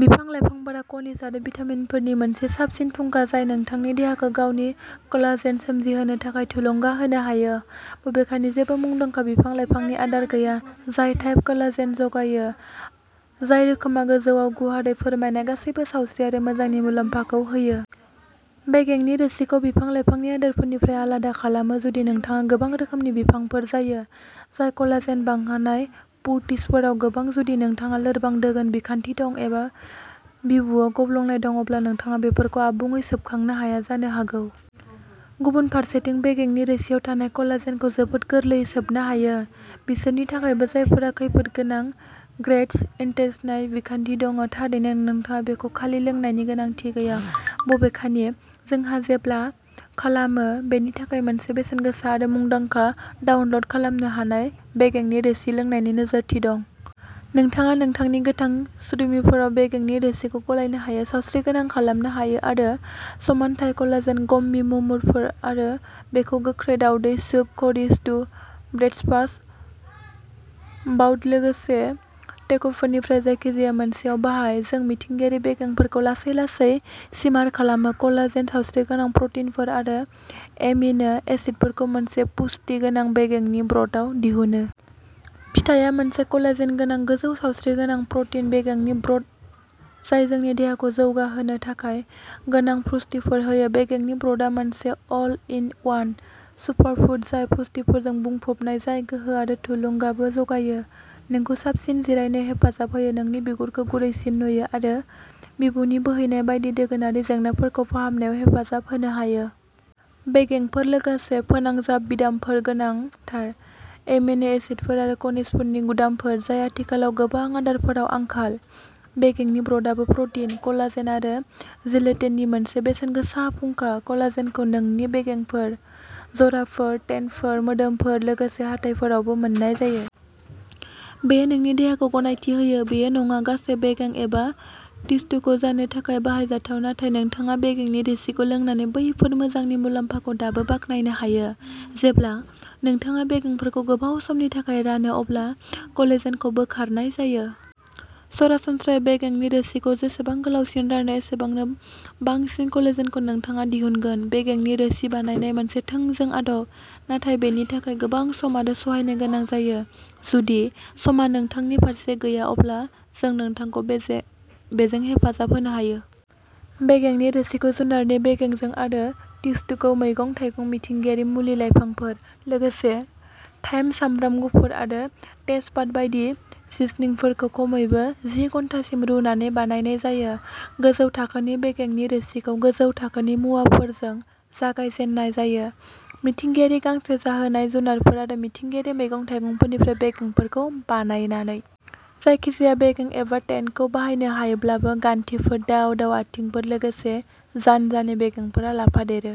बिफां-लाइफांफोरा खनिज आरो भिटामिनफोरनि मोनसे साबसिन फुंखा जाय नोंथांनि देहाखौ गावनि कलाजेन सोमजिहोनो थाखाय थुलुंगा होनो हायो, बबेखानि जेबो मुंदांखा बिफां-लाइफांनि आदार गैया जाय टाइप कलाजेन जगायो, जाय रोखोमआ गोजौ आव गुवारै फोरमायनाय गासैबो सावस्रि आरो मोजांनि मुलाम्फाखौ होयो। बेगेंनि रोसिखौ बिफां-लाइफांनि आदारफोरनिफ्राय आलादा खालामो जुदि नोंथाङा गोबां रोखोमनि बिफांफोर जायो जाय कलाजेन बांहोनाय पुष्टिफोराव गोबां, जुदि नोंथांहा लोरबां दोगोन बिखान्थि दं एबा बिबुआव गब्लंनाय दं, अब्ला नोंथाङा बेफोरखौ आबुङै सोबखांनो हाया जानो हागौ। गुबुन फारसेथिं, बेगेंनि रोसिआव थानाय कलाजेनखौ जोबोद गोरलैयै सोबनो हायो, बिसोरनि थाखायबो जायफोरा खैफोदगोनां गेस्ट्र' इन्टेस्टाइनल बिखान्थि दं। थारैनो, नोंथाङा बेखौ खालि लोंनायनि गोनांथि गैया बबेखानि जोंहा जेब्ला खालामो बेनि थाखाय मोनसे बेसेनगोसा आरो मुंदांखा डाउनल'ड खालामनो हानाय बेगेंनि रोसि लोंनायनि नोजोरथि दं। नोंथाङा नोंथांनि गोथां स्दुमिफोराव बेगेंनि रोसिखौ गलायनो हायो, सावस्रिगोनां खालामनो हायो। आरो समानथाय कलाजेन गम्मी मुफुरफोर, आरो बेखौ गोख्रै दावदै, सुप, करि, स्टु, ब्रेकफास्ट बाउल, लोगोसे टेक'फोरनिफ्राय जायखिजाया मोनसेआव बाहाय। जों मिथिंगायारि बेगेंफोरखौ लासै-लासै सिमार खालामो कलाजेन, सावस्रिगोनां प्र'टिनफोर, आरो एमिनो एसिडफोरखौ मोनसे पुष्टि गोनां बेगेंनि ब्र'थआव दिहुननो। फिथायआ मोनसे कलाजेन गोनां, गोजौ सावस्रिगोनां प्र'टिन बेगेंनि ब्र'थ जाय नोंनि देहाखौ जौगा होनो थाखाय गोनां पुष्टिफोर होयो। बेगेंनि ब्र'थआ मोनसे अल इन वान सुपारफुड, जाय पुष्टिफोरजों बुंफबनाय जाय गोहो आरो थुलुंगाबो जगायो, नोंखौ साबसिन जिरायनो हेफाजाब होयो, नोंनि बिगुरखौ गुरैसिन नुयो, आरो बिबुनि बोहैनाय बायदि दोगोनारि जेंनाफोरखौ फाहामनायाव हेफाजाब होनो हायो। बेगेंफोर लोगोसे फोनांजाब बिदामफोरा गोनांथार। एमिनो एसिडफोर आरो खनिजफोरनि गुदामफोर जाय आथिखालाव गोबां आदारफोराव आंखाल। बेगेंनि ब्र'थाबो प्र'टिन, कलाजेन आरो जिलेटिननि मोनसे बेसेनगोसा फुंखा। कलाजेनखौ नोंनि बेगेंफोर, जराफोर, टेन्डनफोर, मोदोमफोर, लोगोसे हाथाइफोरावबो मोन्नाय जायो। बेयो नोंनि देहाखौ गनायथि होयो। बेयो नङा गासै बेगें एबा टिस्युखौ जानो थाखाय बाहायजाथाव, नाथाय नोंथाङा बेगेंनि रोसिखौ लोंनानै बेफोर मोजांनि मुलाम्फाखौ दाबो बाखनायनो हायो। जेब्ला नोंथाङा बेगेंफोरखौ गोबाव समनि थाखाय रानो, अब्ला कलेजेनखौ बोखारनाय जायो। सरासनस्रायै, बेगेंनि रोसिखौ जेसेबां गोलावसिन रानो, एसेबांनो बांसिन कलेजेनखौ नोंथाङा दिहुनगोन। बेगेंनि रोसि बानायनाया मोनसे थोंजों आदब, नाथाय बेनि थाखाय गोबां सम आरो सहायनो गोनां जायो। जुदि समआ नोंथांनि फारसे गैया, अब्ला जों नोंथांखौ बेजे बेजों हेफाजाब होनो हायो। बेगेंनि रोसिखौ जुनारनि बेगेंफोर आरो टिस्युखौ मैगं-थाइगं, मिथिंगायारि मुलि-लाइफांफोर, लोगोसे थाइम, सामब्राम गुफुर आरो तेजपात बायदि सिजनिंफोरजों खमैबो जि घन्टासिम रुनानै बानायनाय जायो। गोजौ थाखोनि बेगेंनि रोसिखौ गोजौ थाखोनि मुवाफोरजों जागाय जेननाय जायो, मिथिंगायारि गांसो जाहोनाय जुनारफोर आरो मिथिंगायारि मैगं-थाइगंफोरनिफ्राय बेगेंफोरखौ बाहायनानै। जायखिजाया बेगें एबा टेन्डनखौ बाहायनो हायोब्लाबो, गान्थिफोर, दाव-दाव आथिंफोर, लोगोसे जान्जानि बेगेंफोरा लाफादेरो।